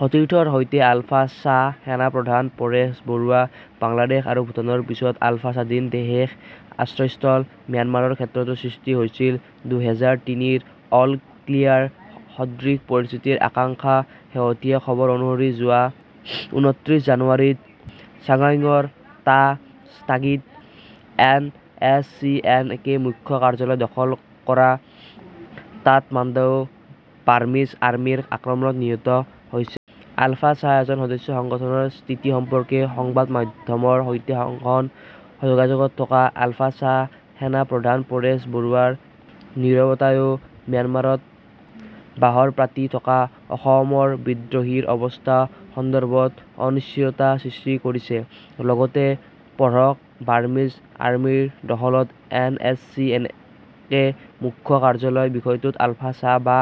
সতীৰ্থৰ সৈতে আলফা স্বাঃ সেনা প্ৰধান পৰেশ বৰুৱা বাংলাদেশ আৰু ভুটানৰ পিছত আলফা স্বাধীন শেষ আশ্ৰয়স্থল ম্যানমাৰৰ ক্ষেত্ৰতো সৃষ্টি হৈছে দুহেজাৰ তিনিৰ অল ক্লিয়াৰ সদৃশ পৰিস্থিতিৰ আশংকা শেহতীয়া খবৰ অনুসৰি যোৱা উনত্ৰিচ জানুৱাৰিত চাগাইঙৰ টা গাস্থিত N S C N K মুখ্য কাৰ্য্যালয় দখল কৰা তাতমাদাও বাৰ্মিজ আৰ্মিৰ আক্ৰমণত নিহত হৈছে। আলফা স্বাঃ এজন সদস্য সংগঠনৰ স্থিতি সম্পৰ্কে সংবাদ মাধ্যমৰ সৈতে সঘন যোগাযোগত থকা আলফা স্বাঃ সেনা প্ৰধান পৰেশ বৰুৱাৰ নীৰৱতায়ো ম্যানমাৰত বাহৰ পাতি থকা অসমৰ বিদ্ৰোহীৰ অৱস্থা সন্দৰ্ভত অনিশ্চয়তা সৃষ্টি কৰিছে। লগতে পঢ়ক বাৰ্মিজ আৰ্মিৰ দখলত এন এচ চি এনকে মুখ্য কাৰ্য্যলয় বিষয়টোত আলফা স্বাঃ বা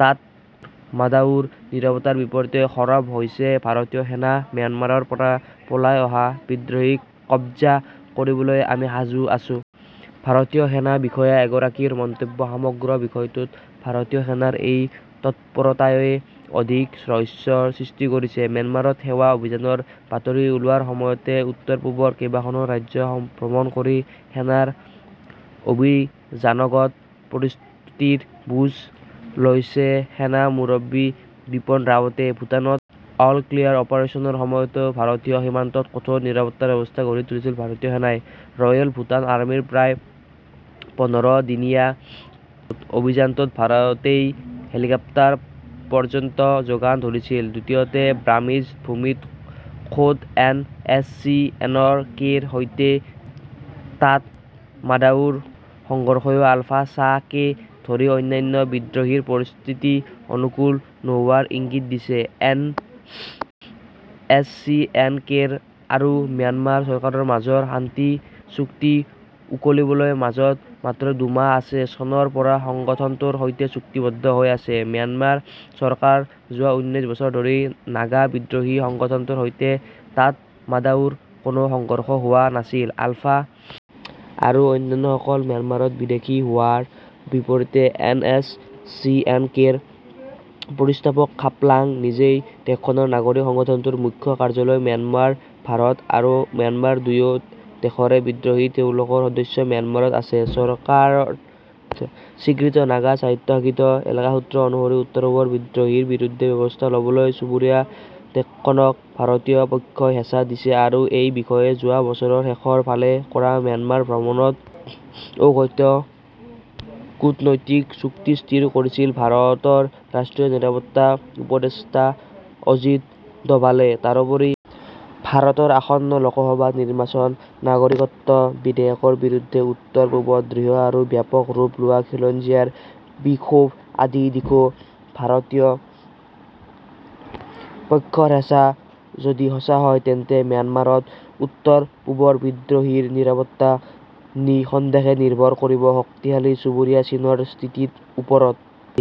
তাতমাদাওৰ নীৰৱতাৰ বিপৰীতে সৰৱ হৈছে ভাৰতীয় সেনা ম্যানমাৰৰ পৰা পলাই অহা বিদ্ৰোহীক কব্জা কৰিবলৈ আমি সাজু আছো। ভাৰতীয় সেনা বিষয়া এগৰাকীৰ মন্তব্য সমগ্ৰ বিষয়টোত ভাৰতীয় সেনাৰ এই তৎপৰতায়ো অধিক ৰহস্যৰ সৃষ্টি কৰিছে। ম্যানমাৰত সেনা অভিযানৰ বাতৰি ওলোৱাৰ সময়তে উত্তৰ-পূবৰ কেইবাখনো ৰাজ্য ভ্ৰমণ কৰি সেনাৰ অভিযানগত প্ৰস্তুতিৰ বুজ লৈছে সেনা মুৰব্বী বিপিন ৰাৱতে। ভুটানত অল ক্লিয়াৰ অপাৰেচনৰ সময়তো ভাৰতীয় সীমান্তত কঠোৰ নিৰাপত্তাৰ ব্যৱস্থা গঢ়ি তুলিছিল ভাৰতীয় সেনাই ।ৰয়েল ভুটান আৰ্মিৰ প্ৰায় পোন্ধৰ দিনীয়া অভিযানটোত ভাৰতেই হেলিকপ্তাৰ পৰ্য্যন্ত যোগান ধৰিছিল। দ্বিতীয়তে বাৰ্মিজ ভূমিত খোদ এন এচ চি এন কেৰ সৈতে তাতমাদাওৰ সংঘৰ্ষয়ো আলফা স্বাঃ কে ধৰি অন্যান্য বিদ্ৰোহীৰ পৰিস্থিতি অনুকূল নোহোৱাৰ ইংগিত দিছে। এন এচ চি এন কেৰ আৰু ম্যানমাৰ চৰকাৰৰ মাজৰ শান্তি চুক্তি উকলিবলৈ মাজত মাত্ৰ দুমাহ আছে চনৰ পৰা সংগঠনটোৰ সৈতে চুক্তিবদ্ধ হৈ আছে ।ম্যানমাৰ চৰকাৰ যোৱা ঊনৈশ বছৰ ধৰি নাগা বিদ্ৰোহী সংগঠনটোৰ সৈতে তাতমাদাওৰ কোনো সংঘৰ্ষ হোৱা নাছিল। আলফা আৰু অন্যান্যসকল ম্যানমাৰত বিদেশী হোৱাৰ বিপৰীতে এন এচ চি এন কেৰ প্ৰতিষ্ঠাপক খাপলাং নিজেই দেশখনৰ নাগৰিক সংগঠনটোৰ মুখ্য কাৰ্য্যালয় ম্যানমাৰ ভাৰত আৰু ম্যানমাৰ দুয়ো দেশৰে বিদ্ৰোহী তেওঁলোকৰ সদস্য ম্যানমাৰত আছে। চৰকাৰ স্বীকৃত নাগা স্বায়ত্তশাসিত এলেকাসূত্ৰ অনুসৰি উত্তৰ-পূবৰ বিদ্ৰোহীৰ বিৰুদ্ধে ব্যৱস্থা লবলৈ চুবুৰীয়া দেশখনক ভাৰতীয় পক্ষই হেঁচা দিছে আৰু এই বিষয়ে যোৱা বছৰৰ শেষৰ ফালে কৰা ম্যানমাৰ ভ্ৰমণত অঘোষিত কূটনৈতিক চুক্তি স্থিৰ কৰিছিল ভাৰতৰ ৰাষ্ট্ৰীয় নিৰাপত্তা উপদেষ্টা অজিত দভালে ।তাৰোপৰি ভাৰতৰ আসন্ন লোকসভা নিৰ্বাচন নাগৰিকত্ব বিধেয়কৰ বিৰুদ্ধে উত্তৰ-পূবত দৃঢ় আৰু ব্যাপক ৰূপ লোৱা খিলঞ্জীয়াৰ বিক্ষোভ আদি দিশো ভাৰতীয় পক্ষৰ হেঁচা যদি সঁচা হয়, তেন্তে ম্যানমাৰত উত্তৰ-পূবৰ বিদ্ৰোহীৰ নিৰাপত্তা নিঃসন্দেহে নিৰ্ভৰ কৰিব শক্তিশালী চুবুৰীয়া চীনৰ স্থিতিৰ ওপৰত।